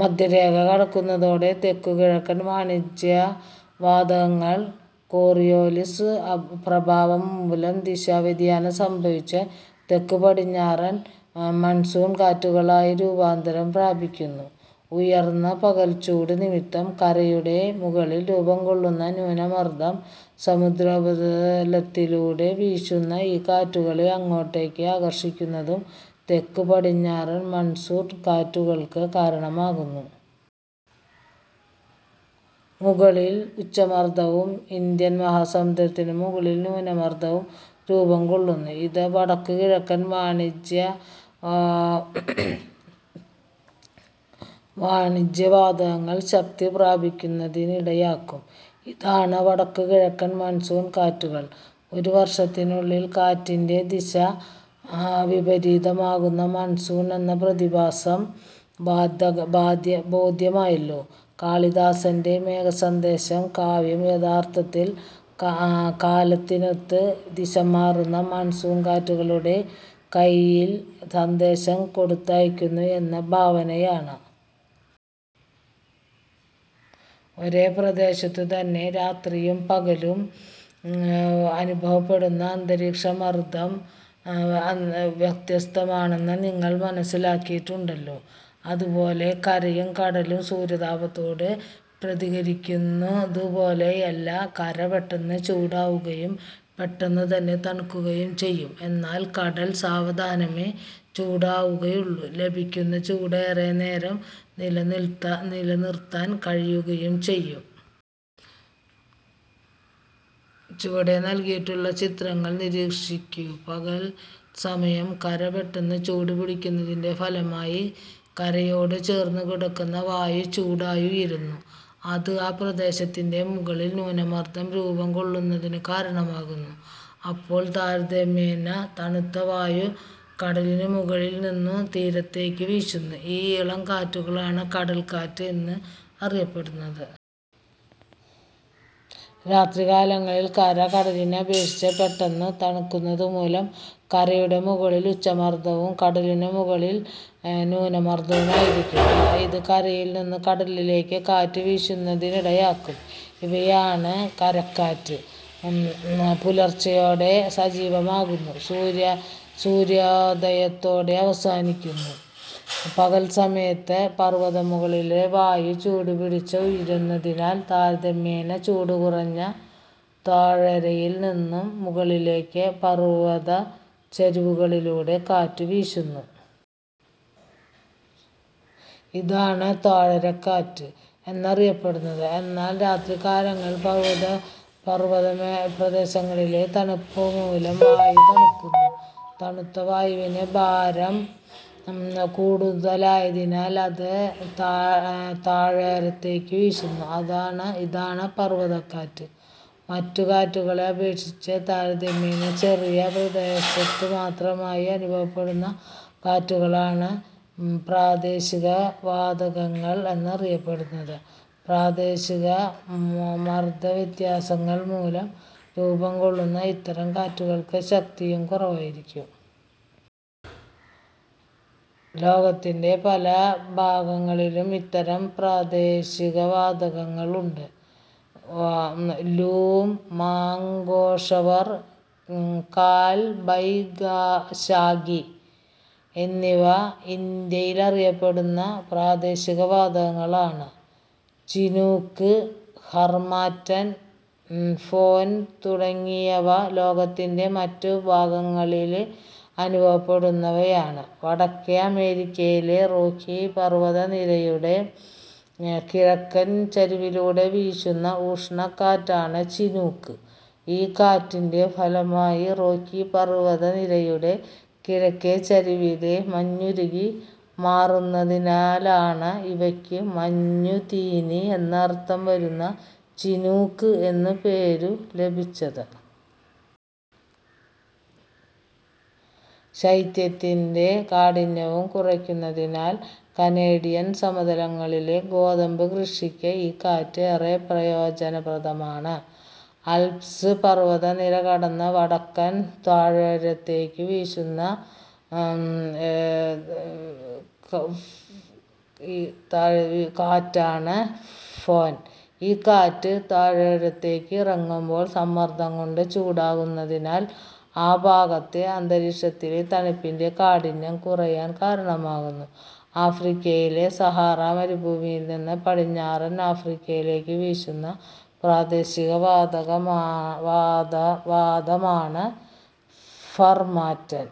മധ്യ രേഖ കടക്കുന്നതോടെ തെക്കു കിഴക്കൻ വാണിജ്യവാതങ്ങൾ കോറിയോലിസ് പ്രഭാവം മൂലം ദിശാ വ്യതിയാനം സംഭവിച്ച് തെക്കുപടിഞ്ഞാറൻ മൺസൂൺ കാറ്റുകളായി രൂപാന്തരം പ്രാപിക്കുന്നു. ഉയർന്ന പകൽച്ചൂട് നിമിത്തം കരയുടെ മുകളിൽ രൂപംകൊള്ളുന്ന ന്യൂനമർദം സമുദ്രോപരിതലത്തിലൂടെ വീശുന്ന ഈ കാറ്റുകളെ അങ്ങോട്ടേക്ക് ആകർഷിക്കുന്നതും തെക്കുപടിഞ്ഞാറൻ മൺസൂൺ കാറ്റുകൾക്ക് കാരണമാകുന്നു. മുകളിൽ ഉച്ചമർദവും ഇന്ത്യൻ മഹാസമുദ്രത്തിനു മുകളിൽ ന്യൂനമർദവും രൂപംകൊള്ളുന്നു. ഇത് വടക്കുകിഴക്കൻ വാണിജ്യവാതങ്ങൾ ശക്തി പ്രാപിക്കുന്നതിനിടയാക്കും. ഇതാണ് വടക്കുകിഴക്കൻ മൺസൂൺ കാറ്റുകൾ. ഒരു വർഷത്തിനുള്ളിൽ കാറ്റിന്റെ ദിശ വിപരീതമാകുന്ന മൺസൂൺ എന്ന പ്രതിഭാസം ബോധ്യമായല്ലോ. കാളിദാസന്റെ മേഘസന്ദേശം കാവ്യം യഥാർഥത്തിൽ കാലത്തിനൊത്ത് ദിശമാറുന്ന മൺസൂൺ കാറ്റുകളുടെ കൈയിൽ സന്ദേശം കൊടുത്തയയ്ക്കുന്നു എന്ന ഭാവനയാണ്! ഒരേ പ്രദേശത്തു തന്നെ രാത്രിയും പകലും അനുഭവപ്പെടുന്ന അന്തരീക്ഷ മർദം വ്യത്യസ്തമാണെന്ന് നിങ്ങൾ മനസ്സിലാക്കിയിട്ടുണ്ടല്ലോ. അതു പോലെ കരയും കടലും സൂര്യതാപത്തോട് പ്രതികരിക്കുന്നതു ഒരുപോലെയല്ല. കര പെട്ടെന്ന് ചൂടാവുകയും പെട്ടെന്നുതന്നെ തണുക്കുകയും ചെയ്യും. എന്നാൽ കടൽ സാവധാനമേ ചൂടാവുകയുളളൂ. ലഭിക്കുന്ന ചൂട് ഏറെനേരം നില നിർത്താൻ കഴിയുകയും ചെയ്യും. ചുവടെ നൽകിയിട്ടുള്ള ചിത്രങ്ങൾ നിരീക്ഷിക്കൂ. പകൽസമയം കര പെട്ടെന്ന് ചൂടുപിടിക്കുന്നതിന്റെ ഫലമായി കരയോട് ചേർന്നുകിടക്കുന്ന വായു ചൂടായി ഉയരുന്നു. ഇത് ആ പ്രദേശത്തിനു മുകളിൽ ന്യൂനമർദം രൂപംകൊള്ളുന്നതിനു കാരണമാകുന്നു. അപ്പോൾ താരതമ്യേന തണുത്ത വായു കടലിനുമുകളിൽ നിന്നു തീരത്തേക്ക് വീശുന്നു. ഈ ഇളംകാറ്റുകളാണ് കടൽക്കാറ്റ് എന്നറിയപ്പെടുന്നത്. രാത്രികാലങ്ങളിൽ കര കടലിനെ അപേക്ഷിച്ച് പെട്ടെന്നു തണുക്കുന്നതുമൂലം കരയുടെ മുകളിൽ ഉച്ചമർദവും കടലിനുമുകളിൽ ന്യൂനമർദവുമായിരിക്കും. ഇത് കരയിൽ നിന്നു കടലിലേക്ക് കാറ്റു വീശുന്നതിനിടയാക്കും. ഇവയാണ് കരക്കാറ്റ്. രാത്രിയോടെ ആരംഭിച്ച് കരക്കാറ്റ് പുലർകാലത്തോടെ സജീവമാവുന്നു; സൂര്യോദയത്തോടെ അവസാനിക്കുന്നു. പകൽസമയത്ത് പർവതമുകളിലെ വായു ചൂടുപിടിച്ച് ഉയരുന്നതിനാൽ താരതമ്യേന ചൂടുകുറഞ്ഞ താഴ്വരയിൽ നിന്നും മുകളിലേക്ക് പർവതച്ചരിവുകളിലൂടെ കാറ്റ് വീശുന്നു. ഇതാണ് താഴ്വരക്കാറ്റ് എന്നറിയപ്പെടുന്നത്. എന്നാൽ രാത്രികാലങ്ങളിൽ പർവതപ്രദേശങ്ങളിലെ തണുപ്പു മൂലം വായു തണുക്കുന്നു. തണുത്ത വായുവിന് ഭാരം കൂടുതലായതിനാൽ അത് താഴ്വാരത്തേക്കു വീശുന്നു. ഇതാണ് പർവതക്കാറ്റ്. മറ്റു കാറ്റുകളെ അപേക്ഷിച്ച് താരതമ്യേന ചെറിയ പ്രദേശത്തുമാത്രമായി അനുഭവപ്പെടുന്ന കാറ്റുകളാണ് പ്രാദേശികവാതങ്ങൾ എന്നറിയപ്പെടുന്നത്. പ്രാദേശികമായ മർദവ്യത്യാസങ്ങൾ മൂലം രൂപംകൊള്ളുന്ന ഇത്തരം കാറ്റുകൾക്ക് ശക്തിയും കുറവായിരിക്കും. ലോകത്തിന്റെ പലഭാഗങ്ങളിലും ഇത്തരം പ്രാദേശികവാതങ്ങളുണ്ട്. ലൂ, മാംഗോഷവർ, കാൽബൈശാഖി എന്നിവ ഇന്ത്യയിലനുഭവപ്പെടുന്ന പ്രാദേശികവാതങ്ങളാണ്. ചിനൂക്ക്, ഹർമാറ്റൻ, ഫൊൻ തുടങ്ങിയവ ലോകത്തിന്റെ മറ്റു ഭാഗങ്ങളിലനുഭവപ്പെടുന്നവയാണ്. വടക്കേ അമേരിക്കയിലെ റോക്കി പർവതനിരയുടെ കിഴക്കൻ ചരിവിലൂടെ വീശുന്ന ഉഷ്ണ കാറ്റാണ് ചിനൂക്ക്. ഈ കാറ്റിന്റെ ഫലമായി റോക്കി പർവത നിരയുടെ കിഴക്കേ ചരിവിലെ മഞ്ഞുരുകി മാറുന്നതിനാലാണ് ഇവയ്ക്ക് മഞ്ഞു തീനി എന്നർഥം വരുന്ന ചിനൂക്ക് എന്നു പേരു ലഭിച്ചത്. ശൈത്യത്തിന്റെ കാഠിന്യം കുറയ്ക്കുന്നതിനാൽ കനേഡിയൻ സമതലങ്ങളിലെ ഗോതമ്പ് കൃഷിക്ക് ഈ കാറ്റ് ഏറെ പ്രയോജനപ്രദമാണ്. ആൽപ്സ് പർവതനിര കടന്ന് വടക്കൻ താഴ്വാരത്തേക്കു വീശുന്ന കാറ്റാണ് ഫൊൻ. ഈ കാറ്റ് താഴ്വാരത്തേക്ക് ഇറങ്ങുമ്പോൾ സമ്മർദംകൊണ്ട് ചൂടാകുന്നതിനാൽ ആ ഭാഗത്തെ അന്തരീക്ഷത്തിലെ തണുപ്പിന്റെ കാഠിന്യം കുറയാൻ കാരണമാകുന്നു. ആഫ്രിക്കയിലെ സഹാറ മരുഭൂമിയിൽ നിന്ന് പടിഞ്ഞാറൻ ആഫ്രിക്കയിലേക്ക് വീശുന്ന പ്രാദേശിക വാതമാണ് ഹർമാറ്റൻ.